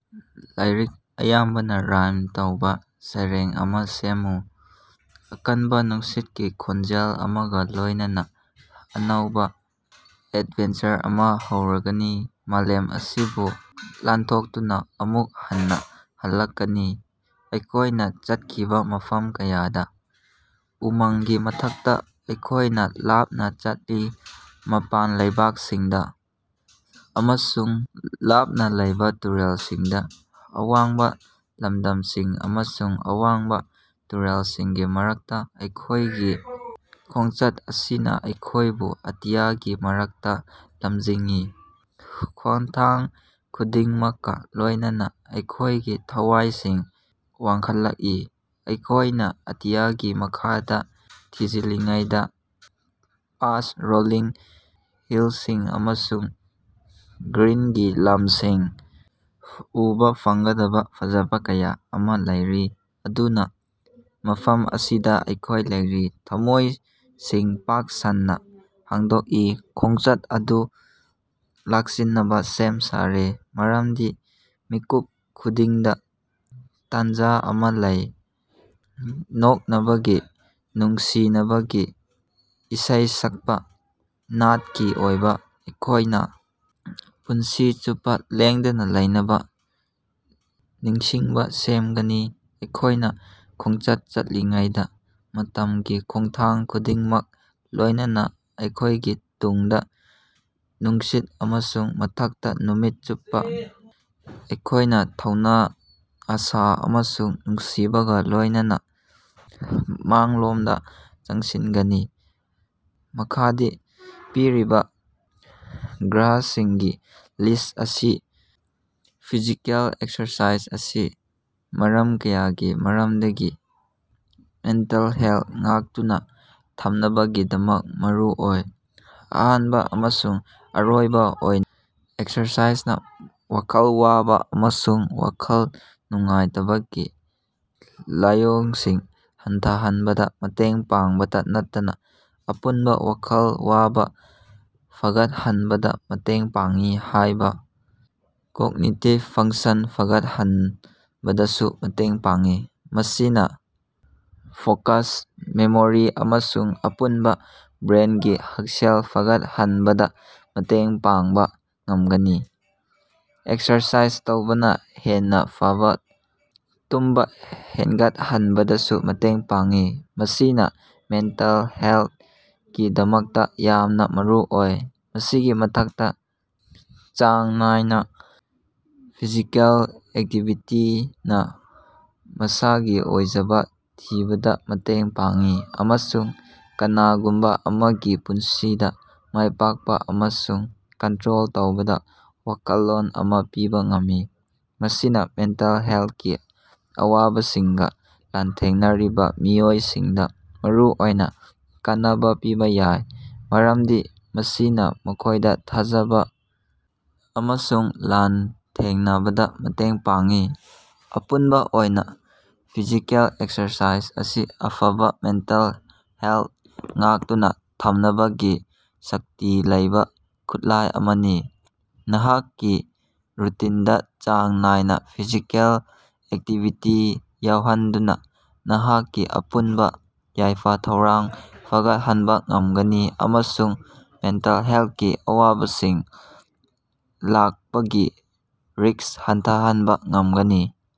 ꯂꯥꯏꯔꯤꯛ ꯑꯌꯥꯝꯕꯅ ꯔꯥꯏꯝ ꯇꯧꯕ ꯁꯩꯔꯦꯡ ꯑꯃ ꯁꯦꯝꯃꯨ꯫ ꯑꯀꯟꯕ ꯅꯨꯡꯁꯤꯠꯀꯤ ꯈꯣꯡꯖꯦꯜ ꯑꯃꯒ ꯂꯣꯏꯅꯅ, ꯑꯅꯧꯕ ꯑꯦꯗꯚꯦꯟꯆꯔ ꯑꯃ ꯍꯧꯔꯒꯅꯤ, ꯃꯥꯂꯦꯝ ꯑꯁꯤꯕꯨ ꯂꯥꯟꯊꯣꯛꯇꯨꯅ ꯑꯃꯨꯛ ꯍꯟꯅ ꯍꯜꯂꯛꯀꯅꯤ, ꯑꯩꯈꯣꯏꯅ ꯆꯠꯈꯤꯕ ꯃꯐꯝ ꯀꯌꯥꯗ꯫ ꯎꯃꯪꯒꯤ ꯃꯊꯛꯇ ꯑꯩꯈꯣꯏꯅ ꯂꯥꯞꯅ ꯆꯠꯂꯤ, ꯃꯄꯥꯟ ꯂꯩꯕꯥꯛꯁꯤꯡꯗ ꯑꯃꯁꯨꯡ ꯂꯥꯞꯅ ꯂꯩꯕ ꯇꯨꯔꯦꯜꯁꯤꯡꯗ, ꯑꯋꯥꯡꯕ ꯂꯝꯗꯝꯁꯤꯡ ꯑꯃꯁꯨꯡ ꯑꯋꯥꯡꯕ ꯇꯨꯔꯦꯜꯁꯤꯡꯒꯤ ꯃꯔꯛꯇ, ꯑꯩꯈꯣꯏꯒꯤ ꯈꯣꯉꯆꯠ ꯑꯁꯤꯅ ꯑꯩꯈꯣꯏꯕꯨ ꯑꯇꯤꯌꯥꯒꯤ ꯃꯔꯛꯇ ꯂꯝꯖꯤꯡꯏ꯫ ꯈꯣꯉꯊꯥꯡ ꯈꯨꯗꯤꯡꯃꯛꯀ ꯂꯣꯏꯅꯅ ꯑꯩꯈꯣꯏꯒꯤ ꯊꯋꯥꯏꯁꯤꯡ ꯋꯥꯡꯈꯠꯂꯛꯏ, ꯑꯩꯈꯣꯏꯅ ꯑꯇꯤꯌꯥꯒꯤ ꯃꯈꯥꯗ ꯊꯤꯖꯤꯜꯂꯤꯉꯩꯗ, ꯄꯥꯁꯠ ꯔꯣꯂꯤꯡ ꯍꯤꯜꯁꯤꯡ ꯑꯃꯁꯨꯡ ꯒ꯭ꯔꯤꯟꯒꯤ ꯂꯝꯁꯤꯡ, ꯎꯕ ꯐꯪꯒꯗꯕ ꯐꯖꯕ ꯀꯌꯥ ꯑꯃ ꯂꯩꯔꯤ꯫ ꯑꯗꯨꯅ ꯃꯐꯝ ꯑꯁꯤꯗ ꯑꯩꯈꯣꯏ ꯂꯩꯔꯤ, ꯊꯝꯃꯣꯏꯁꯤꯡ ꯄꯥꯛ ꯁꯟꯅ ꯍꯥꯡꯗꯣꯛꯏ, ꯈꯣꯡꯆꯠ ꯑꯗꯨ ꯂꯥꯛꯁꯤꯟꯅꯕ ꯁꯦꯝ ꯁꯥꯔꯦ, ꯃꯔꯝꯗꯤ ꯃꯤꯀꯨꯞ ꯈꯨꯗꯤꯡꯗ ꯇꯥꯟꯖ ꯑꯃ ꯂꯩ, ꯅꯣꯛꯅꯕꯒꯤ, ꯅꯨꯡꯁꯤꯅꯕꯒꯤ, ꯏꯁꯩ ꯁꯛꯄ, ꯅꯥꯠꯀꯤ ꯑꯣꯏꯕ꯫ ꯑꯩꯈꯣꯏꯅ ꯄꯨꯟꯁꯤ ꯆꯨꯞꯄ ꯂꯦꯡꯗꯅ ꯂꯩꯅꯕ ꯅꯤꯡꯁꯤꯡꯕ ꯁꯦꯝꯒꯅꯤ, ꯑꯩꯈꯣꯏꯅ ꯈꯣꯡꯆꯠ ꯆꯠꯂꯤꯉꯩꯗ, ꯃꯇꯝꯒꯤ ꯈꯣꯡꯊꯥꯡ ꯈꯨꯗꯤꯡꯃꯛꯀ ꯂꯣꯏꯅꯅ, ꯑꯩꯈꯣꯏꯒꯤ ꯇꯨꯡꯗ ꯅꯨꯡꯁꯤꯠ ꯑꯃꯁꯨꯡ ꯃꯊꯛꯇ ꯅꯨꯃꯤꯠ ꯆꯨꯞꯄ, ꯑꯩꯈꯣꯏꯅ ꯊꯧꯅ, ꯑꯥꯁꯥ ꯑꯃꯁꯨꯡ ꯅꯨꯡꯁꯤꯕꯒ ꯂꯣꯌꯅꯅ ꯃꯥꯡꯂꯣꯝꯗ ꯆꯪꯁꯤꯟꯒꯅꯤ꯫ ꯃꯈꯥꯗ ꯄꯤꯔꯤꯕ ꯒ꯭ꯔꯍꯁꯤꯡꯒꯤ ꯂꯤꯁ꯭ꯠ ꯑꯁꯤ ꯐꯤꯖꯤꯀꯦꯜ ꯑꯦꯛꯁꯔꯁꯥꯏꯖ ꯑꯁꯤ ꯃꯔꯝ ꯀꯌꯥꯒꯤ ꯃꯔꯝꯗꯒꯤ ꯃꯦꯟꯇꯦꯜ ꯍꯦꯜꯊ ꯉꯥꯛꯇꯨꯅ ꯊꯝꯅꯕꯒꯤꯗꯃꯛ ꯃꯔꯨꯑꯣꯏ꯫ ꯑꯍꯥꯟꯕ ꯑꯃꯁꯨꯡ ꯑꯔꯣꯏꯕ ꯑꯣꯏꯅ, ꯑꯦꯛꯁꯔꯁꯥꯏꯖꯅ ꯋꯥꯈꯜ ꯋꯥꯕ ꯑꯃꯁꯨꯡ ꯋꯥꯈꯜ ꯅꯨꯡꯉꯥꯏꯇꯕꯒꯤ ꯂꯥꯏꯑꯣꯡꯁꯤꯡ ꯍꯟꯊꯍꯟꯕꯗ ꯃꯇꯦꯡ ꯄꯥꯡꯕꯇ ꯅꯠꯇꯅ ꯑꯄꯨꯟꯕ ꯋꯥꯈꯜ ꯋꯥꯕ ꯐꯒꯠꯍꯟꯕꯗ ꯃꯇꯦꯡ ꯄꯥꯡꯏ ꯍꯥꯏꯕ ꯀꯣꯛꯅꯤꯇꯤꯚ ꯐꯪꯁꯟ ꯐꯒꯠꯍꯟꯕꯗꯁꯨ ꯃꯇꯦꯡ ꯄꯥꯡꯏ꯫ ꯃꯁꯤꯅ ꯐꯣꯀꯁ, ꯃꯦꯃꯣꯔꯤ ꯑꯃꯁꯨꯡ ꯑꯄꯨꯟꯕ ꯕ꯭ꯔꯦꯟꯒꯤ ꯍꯛꯁꯦꯜ ꯐꯒꯠꯍꯟꯕꯗ ꯃꯇꯦꯡ ꯄꯥꯡꯕ ꯉꯝꯒꯅꯤ꯫ ꯑꯦꯛꯁꯔꯁꯥꯏꯖ ꯇꯧꯕꯅ ꯍꯦꯟꯅ ꯐꯕ ꯇꯨꯝꯕ ꯍꯦꯟꯒꯠꯍꯟꯕꯗꯁꯨ ꯃꯇꯦꯡ ꯄꯥꯡꯏ, ꯃꯁꯤꯅ ꯃꯦꯟꯇꯦꯜ ꯍꯦꯜꯊꯀꯤꯗꯃꯛꯇ ꯌꯥꯝꯅ ꯃꯔꯨꯑꯣꯏ꯫ ꯃꯁꯤꯒꯤ ꯃꯊꯛꯇ, ꯆꯥꯡ ꯅꯥꯏꯅ ꯐꯤꯖꯤꯀꯦꯜ ꯑꯦꯛꯇꯤꯚꯤꯇꯤꯅ ꯃꯁꯒꯤ ꯑꯣꯏꯖꯕ ꯊꯤꯕꯗ ꯃꯇꯦꯡ ꯄꯥꯡꯏ, ꯑꯃꯁꯨꯡ ꯀꯅꯥꯒꯨꯝꯕ ꯑꯃꯒꯤ ꯄꯨꯟꯁꯤꯗ ꯃꯥꯏꯄꯥꯛꯄ ꯑꯃꯁꯨꯡ ꯀꯟꯇ꯭ꯔꯣꯜ ꯇꯧꯕꯒꯤ ꯋꯥꯈꯜꯂꯣꯟ ꯑꯃ ꯄꯤꯕ ꯉꯝꯃꯤ꯫ ꯃꯁꯤꯅ ꯃꯦꯟꯇꯦꯜ ꯍꯦꯜꯊꯀꯤ ꯑꯋꯥꯕꯁꯤꯡꯒ ꯂꯥꯟꯊꯦꯡꯅꯔꯤꯕ ꯃꯤꯑꯣꯏꯁꯤꯡꯗ ꯃꯔꯨꯑꯣꯏꯅ ꯀꯥꯟꯅꯕ ꯄꯤꯕ ꯌꯥꯏ, ꯃꯔꯝꯗꯤ ꯃꯁꯤꯅ ꯃꯈꯣꯏꯗ ꯊꯥꯖꯕ ꯑꯃꯁꯨꯡ ꯂꯥꯟꯊꯦꯡꯅꯕꯗ ꯃꯇꯦꯡ ꯄꯥꯡꯏ꯫ ꯑꯄꯨꯟꯕ ꯑꯣꯏꯅ ꯐꯤꯖꯤꯀꯦꯜ ꯑꯦꯛꯁꯔꯁꯥꯏꯖ ꯑꯁꯤ ꯑꯐꯕ ꯃꯦꯟꯇꯦꯜ ꯍꯦꯜꯊ ꯉꯥꯛꯇꯨꯅ ꯊꯝꯅꯕꯒꯤ ꯁꯛꯇꯤ ꯂꯩꯕ ꯈꯨꯠꯂꯥꯏ ꯑꯃꯅꯤ꯫ ꯅꯍꯥꯛꯀꯤ ꯔꯨꯇꯤꯟꯗ ꯆꯥꯡ ꯅꯥꯏꯅ ꯐꯤꯖꯤꯀꯦꯜ ꯑꯦꯛꯇꯤꯚꯤꯇꯤ ꯌꯥꯎꯍꯟꯗꯨꯅ, ꯅꯍꯥꯛꯀꯤ ꯑꯄꯨꯟꯕ ꯌꯥꯏꯐ-ꯊꯧꯔꯥꯡ ꯐꯒꯠꯍꯟꯕ ꯉꯝꯒꯅꯤ ꯑꯃꯁꯨꯡ ꯃꯦꯟꯇꯦꯜ ꯍꯦꯜꯊꯀꯤ ꯑꯋꯥꯕꯁꯤꯡ ꯂꯥꯛꯄꯒꯤ ꯔꯤꯁ꯭ꯛ ꯍꯟꯊꯍꯟꯕ ꯉꯝꯒꯅꯤ꯫